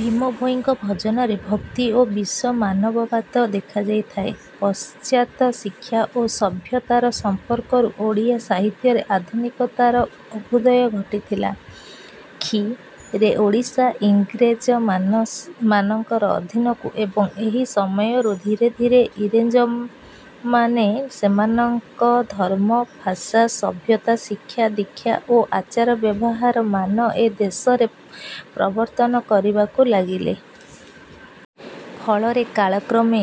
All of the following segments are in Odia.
ଭୀମଭୋଇଙ୍କ ଭଜନରେ ଭକ୍ତି ଓ ବିଶ୍ୱମାନବବାଦ ଦେଖାଯାଇଥାଏ। ପଶ୍ଚ। ତ୍ୟ ଶିକ୍ଷା ଓ ସଭ୍ୟତାର ସମ୍ପର୍କରୁ ଓଡ଼ିଆ ସାହିତ୍ୟରେ ଆଧୁନିକତାର ଅଭୁ୍ଦୟ ଘଟିଥିଲା। ଖ୍ରୀ. ରେ ଓଡ଼ିଶା ଇଂରେଜମାନଙ୍କ ଅଧୀନକୁ ଏବଂ ଏହି ସମୟରୁ ଧୀରେ ଧୀରେ ଇଂରେଜମ। ନେ ସେମାନଂକ ଧର୍ମ, ଭାଷା, ସଭ୍ୟତା, ଶିକ୍ଷା, ଦୀକ୍ଷା ଓ ଆଚାର-ବ୍ୟବହାର ହାର ମାନ ଏ ଦେଶରେ ପ୍ରବର୍ତ୍ତନ କରିବାକୁ ଲାଗିଲେ। ଫଳରେ କାଳ କ୍ରମେ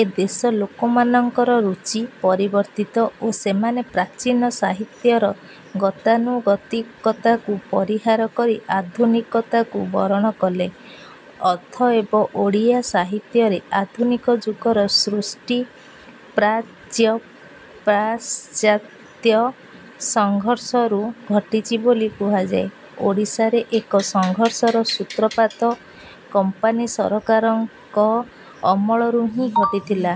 ଏ ଦେଶ ଲୋକମାନଙ୍କର ରୁଚି ପରିବର୍ତିତ ଓ ସେମାନେ ପ୍ରାଚୀନ ସାହିତ୍ୟର ଗତାନୁଗତିକତାକୁ ପରିହାର କରି ଆଧୁନିକତାକୁ ବରଣ କଲେ। ଅତଏବ ଓଡ଼ିଆ ସାହିତ୍ୟରେ ଆଧୁନିକ ଯୁଗର ସୃଷ୍ଟି ପ୍ରା ଚ୍ୟ-ପ। ଶ୍ଚ। ତ୍ୟ ସଂଘର୍ଷରୁ ଘଟିଛି ବୋଲି କୁହାଯାଏ। ଓଡ଼ିଶାରେ ଏହି ସଂଘର୍ଷର ସୂତ୍ରପାତ "କମ୍ପାନୀ ସରକାର"ଙ୍କ ଅମଳରୁହିଁ ଘଟିଥିଲା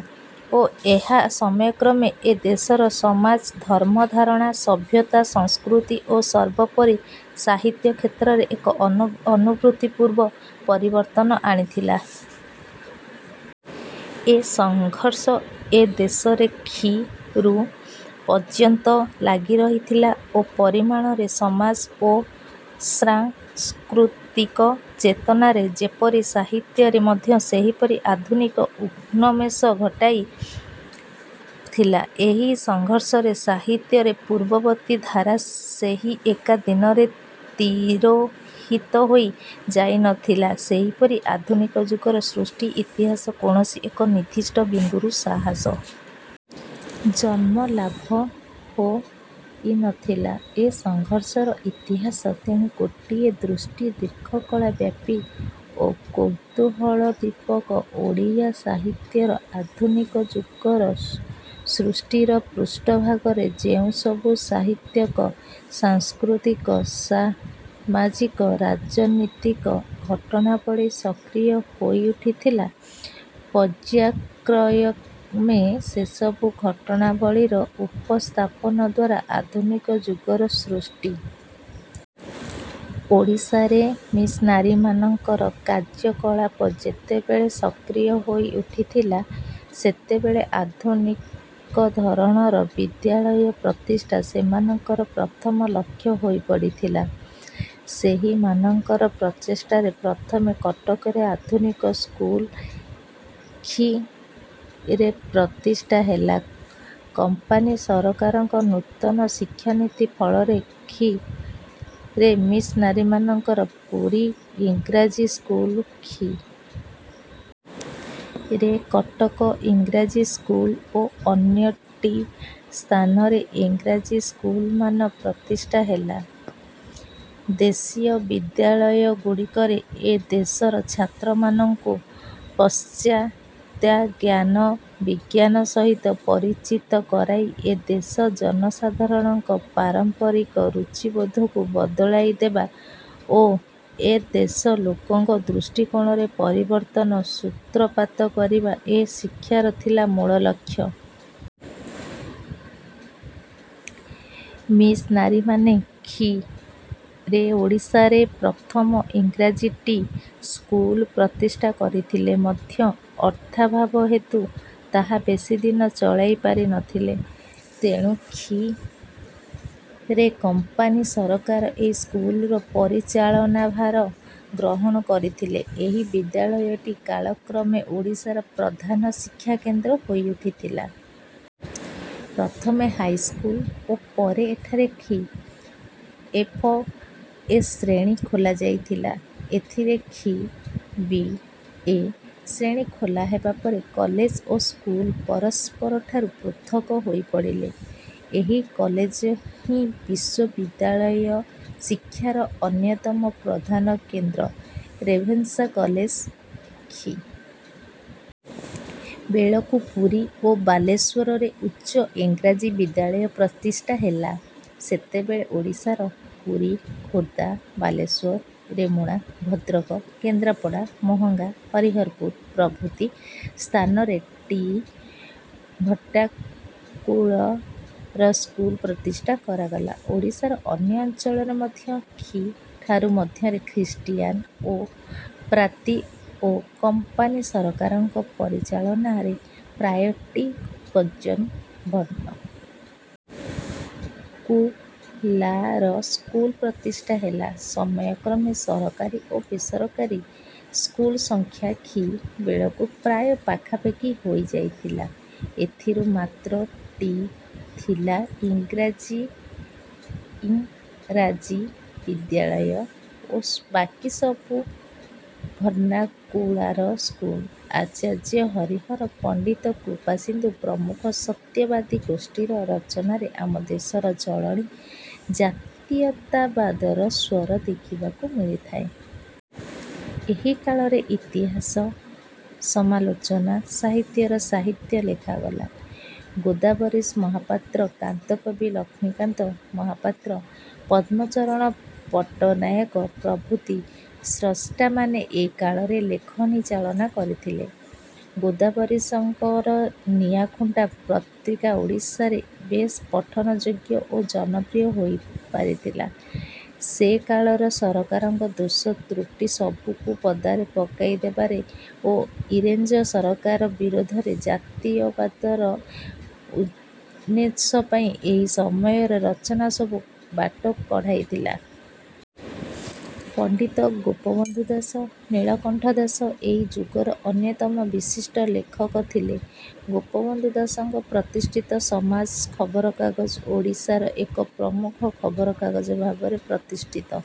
ଓ ଏହା ସମୟକ୍ରମେ ଏ ଦେଶର ସମାଜ, ଧର୍ମ-ଧାରଣା, ସଭ୍ୟତା, ସଂସ୍କୃତି ଓ ସର୍ବୋପରି ସାହିତ୍ୟ କ୍ଷେତ୍ରରେ ଏକ ଅନୁଭୂତିପୂର୍ବ ପରିବର୍ତ୍ତନ ଆଣିଥିଲା। ଏ ସଂଘର୍ଷ ଏ ଦେଶରେ ଖ୍ରୀ. ରୁ ପର୍ଯ୍ୟନ୍ତ ଲାଗିରହିଥିଲା ଓ ପରିମାଣରେ ସମାଜ ଓ ସଂ। ସ୍କୃତିକ ଚେତନାରେ ଯେପରି ସାହିତ୍ୟରେ ମଧ୍ୟ ସେହିପରି ଆଧୁନିକାତର ଉନଂମେଷ ଘଟାଇ ଥିଲା। ଏହି ସଂଘର୍ଷରେ ସାହିତ୍ୟରେ ପୂର୍ବବର୍ତ୍ତୀ ଧାରା ସେହି ଏକା ଦିନରେ ତିରେ। ହିତ ହୋଇ ଯାଇ ନଥିଲା, ସେହିପରି ଆଧୁନିକ ଯୁଗର ସୃଷ୍ଟି ଇତିହାସ କୌଣସି ଏକ ନିର୍ଦ୍ଦିଷ୍ଟ ବିନ୍ଦୁରୁ ସାହସ। ଜନ୍ମ ଲାଭ ହେ। ଇନଥିଲା। ଏ ସଂଘର୍ଷର ଇତିହାସ ତେଣୁ ଗୋଟିଏ ଦୃଷ୍ଟି ଦୀର୍ଘକଳାବ୍ୟାପୀ ଓ କୌତୂହଳୋଦୀପକ। ଓଡ଼ିଆ ସାହିତ୍ୟର ଆଧୁନିକ ଯୁଗର ସୃଷ୍ଟିର ପୃଷ୍ଠ ଭାଗରେ ଯେଉଁସବୁ ସାହିତ୍ୟିକ, ସାଂସ୍କୃତିକ, ସ। ମାଜିକ, ରାଜନୀତିକ ଘଟଣାବଳୀ ସକ୍ରିୟ ହୋଇ ଉଠିଥିଲା, ପର୍ଯ୍ୟାୟକ୍ରମେ ସେସବୁ ଘଟଣାବଳୀର ଉପସ୍ଥାପନଦ୍ୱାରା ଆଧୁନିକ ଯୁଗର ସୃଷ୍ଟି। ଓଡ଼ିଶାରେ ମିସନାରୀମାନଙ୍କର କାର୍ଯ୍ୟକଳାପ ଯେତେବେଳେ ସକ୍ରିୟ ହୋଇ ଉଠିଥିଲା, ସେତେବେଳେ ଆଧୁନିକଧରଣର ବିଦ୍ୟାଳୟ ପ୍ରତିଷ୍ଠା ସେମାନଙ୍କର ପ୍ରଥମ ଲକ୍ଷ୍ୟ ହୋଇପଡିଥିଲା। ସେହିମାନଙ୍କର ପ୍ରଚେଷ୍ଠାରେ ପ୍ରଥମେ କଟକରେ ଆଧୁନିକ ସ୍କୁଲ ଖ୍ରୀ. ରେ ପ୍ରତିଷ୍ଠା ହେଲା। କମ୍ପାନୀ ସରକାରଙ୍କ ନୂତନ ଶିକ୍ଷାନୀତି ଫଳରେ ଖ୍ରୀ. ରେ ମିସନାରୀମାନଙ୍କ ପୁରୀ ଇଂରାଜୀ ସ୍କୁଲ ଖ୍ରୀ. ରେ କଟକ ଇଂରାଜୀ ସ୍କୁଲ ଓ ଅନ୍ୟ ଟି ସ୍ଥାନରେ ଇଂରାଜୀ ସ୍କୁଲ ମାନ ପ୍ରତିଷ୍ଠା ହେଲା। ଦେଶୀୟ ବିଦ୍ୟାଳୟଗୁଡିକରେ ଏ ଦେଶର ଛାତ୍ରମାନଙ୍କୁ ପଶ୍ଚ। ତ୍ୟ ଜ୍ଞାନ-ବିଜ୍ଞାନ ସହିତ ପରିଚିତ କରାଇ ଏ ଦେଶ ଜନସଧାରଣଙ୍କ ପାରମ୍ପରିକ ରୁଚିବୋଧକୁ ବଦଳାଇଦେବା ଓ ଏ ଦେଶ ଲୋକଙ୍କ ଦୃଷ୍ଟିକୋଣରେ ପରିବର୍ତ୍ତନ ସୂତ୍ରପାତ କରିବା ଏ ଶିକ୍ଷାର ଥିଲା ମୂଳ ଲକ୍ଷ୍ୟ। ମିସନାରୀମାନେ ଖ୍ରୀ. ରେ ଓଡ଼ିଶାରେ ପ୍ରଥମ ଇଂରାଜୀ ଟି ସ୍କୁଲ ପ୍ରତିଷ୍ଠା କରିଥିଲେ ମଧ୍ୟ ଅର୍ଥାଭାବ ହେତୁ ତାହା ବେଶୀ ଦିନ ଚଳାଇ ପାରି ନଥିଲେ। ତେଣୁ ଖ୍ରୀ. ରେ କମ୍ପାନୀ ସରକାର ଏହି ସ୍କୁଲର ପରିଚାଳନାଭାର ଗ୍ରହଣ କରିଥିଲେ। ଏହି ବିଦ୍ୟାଳୟଟି କାଳକ୍ରମେ ଓଡ଼ିଶାର ପ୍ରଧାନ ଶିକ୍ଷାକେନ୍ଦ୍ର ହୋଇଉଠିଥିଲା। ପ୍ରଥମେ ହାଇସ୍କୁଲ ଓ ପରେ ଏଠାରେ ଖ୍ରୀ. ଏଫ. ଏ ଶ୍ରେଣୀ ଖୋଲାଯାଇଥିଲା। ଏଥିରେ ଖ୍ରୀ. ବି. ଏ ଶ୍ରେଣୀ ଖୋଲାହେବା ପରେ କଲେଜ ଓ ସ୍କୁଲ ପରସ୍ପରଠାରୁ ପୃଥକ ହୋଇପଡିଲେ। ଏହି କଲେଜହିଁ ବିଶ୍ୱବିଦ୍ୟାଳୟ ଶିକ୍ଷାର ଅନ୍ୟତମ ପ୍ରଧାନ କେନ୍ଦ୍ର "ରେଭେନ୍ସା କଲେଜ"। ଖ୍ରୀ. ବେଳକୁ ପୁରୀ ଓ ବାଲେଶ୍ୱରରେ ଉଚ୍ଚ ଇଂରାଜୀ ବିଦ୍ୟାଳୟ ପ୍ରତିଷ୍ଠା ହେଲା। ସେତେବେଳେ ଓଡ଼ିଶାର ପୁରୀ, ଖୋର୍ଦ୍ଧା, ବାଲେଶ୍ୱର, ରେମୁଣା, ଭଦ୍ରକ, କେନ୍ଦ୍ରାପଡ଼ା, ମହାଙ୍ଗା, ହରିହରପୁର ପ୍ରଭୃତି ସ୍ଥାନରେ ଟି ଭର୍ଣ୍ଣ। କୁଲ। ର ସ୍କୁଲ ପ୍ରତିଷ୍ଠା କରାଗଲା। ଓଡ଼ିଶାର ଅନ୍ୟ ଅଞ୍ଚଳରେ ମଧ୍ୟ ଖ୍ରୀ. ଠାରୁ ମଧ୍ୟରେ ଖ୍ରୀଷ୍ଟିଆନ ଓ ପାଦ୍ରୀ ଓ କମ୍ପାନୀ ସରକାରଙ୍କ ପରିଚାଳନାରେ ପ୍ରାୟ ଟି ପର୍ଯ୍ୟନ୍ ଭର୍ଣ୍ଣ। କୁଲ। ର ସ୍କୁଲ ପ୍ରତିଷ୍ଠା ହେଲା। ସମୟକ୍ରମେ ସରକାରୀ ଓ ବେସରକ। ରୀ ସ୍କୁଲସଂଖ୍ୟା ଖ୍ରୀ. ବେଳକୁ ପ୍ରାୟ ପାଖାପାଖି ହୋଇଯାଇଥିଲା। ଏଥିରୁ ମାତ୍ର ଟି ଥିଲା ଇଁରାଜୀ ବିଦ୍ୟାଳୟ ଓ ବାକିସବୁ ଭର୍ଣ୍ଣାକୁଲାର ସ୍କୁଲ। ଆଚାର୍ଯ୍ୟ ହରିହର, ପଣ୍ଡିତ କୃପାସିନ୍ଧୁ ପ୍ରମୁଖ ସତ୍ୟବାଦୀ ଗୋଷ୍ଠୀର ରଚନାରେ ଆମ ଦେଶର ଚଳଣି ଜାତୀୟତାବାଦର ସ୍ୱର ଦେଖିବାକୁ ମିଳିଥାଏ। ଏହି କାଳରେ ଇତିହାସ, ସମାଲୋଚନା ସାହିତ୍ୟର ସାହିତ୍ୟ ଲେଖାଗଲା। ଗୋଦାବରୀଶ ମହାପାତ୍ର, କାନ୍ତକବି ଲକ୍ଷ୍ମୀକାନ୍ତ ମହାପାତ୍ର, ପଦ୍ମଚରଣ ପଟ୍ଟନାୟକ ପ୍ରଭୃତି ସ୍ରଷ୍ଟାମାନେ ଏହି କାଳରେ ଲେଖନୀ ଚାଳନା କରିଥିଲେ। ଗୋଦାବରୀଶଙ୍କ ନିଆଁଖୁଣ୍ଟା ପତ୍ରିକା ଓଡ଼ିଶାରେ ବେଶ ପଠନଯୋଗୀ ଓ ଜନପ୍ରିୟ ହୋଇପାରିଥିଲା। ସେକାଳର ସରକାରଙ୍କ ଦୋଷ ତ୍ରୁଟିସବୁକୁ ପଦାରେ ପକାଇଦେବାରେ ଓ ଇଂରେଜ ସରକାର ବିରୋଧରେ ଜାତୀୟତାବାଦର ଉନ୍ମେଷ ପାଇଁ ଏହି ସମୟର ରଚନାସବୁ ବାଟ କଢ଼ାଇଥିଲା। ପଣ୍ଡିତ ଗୋପବନ୍ଧୁ ଦାସ, ନୀଳକଣ୍ଠ ଦାସ ଏହି ଯୁଗର ଅନ୍ୟତମ ବିଶିଷ୍ଟ ଲେଖକ ଥିଲେ। ଗୋପବନ୍ଧୁ ଦାସଙ୍କ ପ୍ରତିଷ୍ଠିତ ସମାଜ ଖବରକାଗଜ ଓଡ଼ିଶାର ଏକ ପ୍ରମୁଖ ଖବରକାଗଜ ଭାବରେ ପ୍ରତିଷ୍ଠିତ।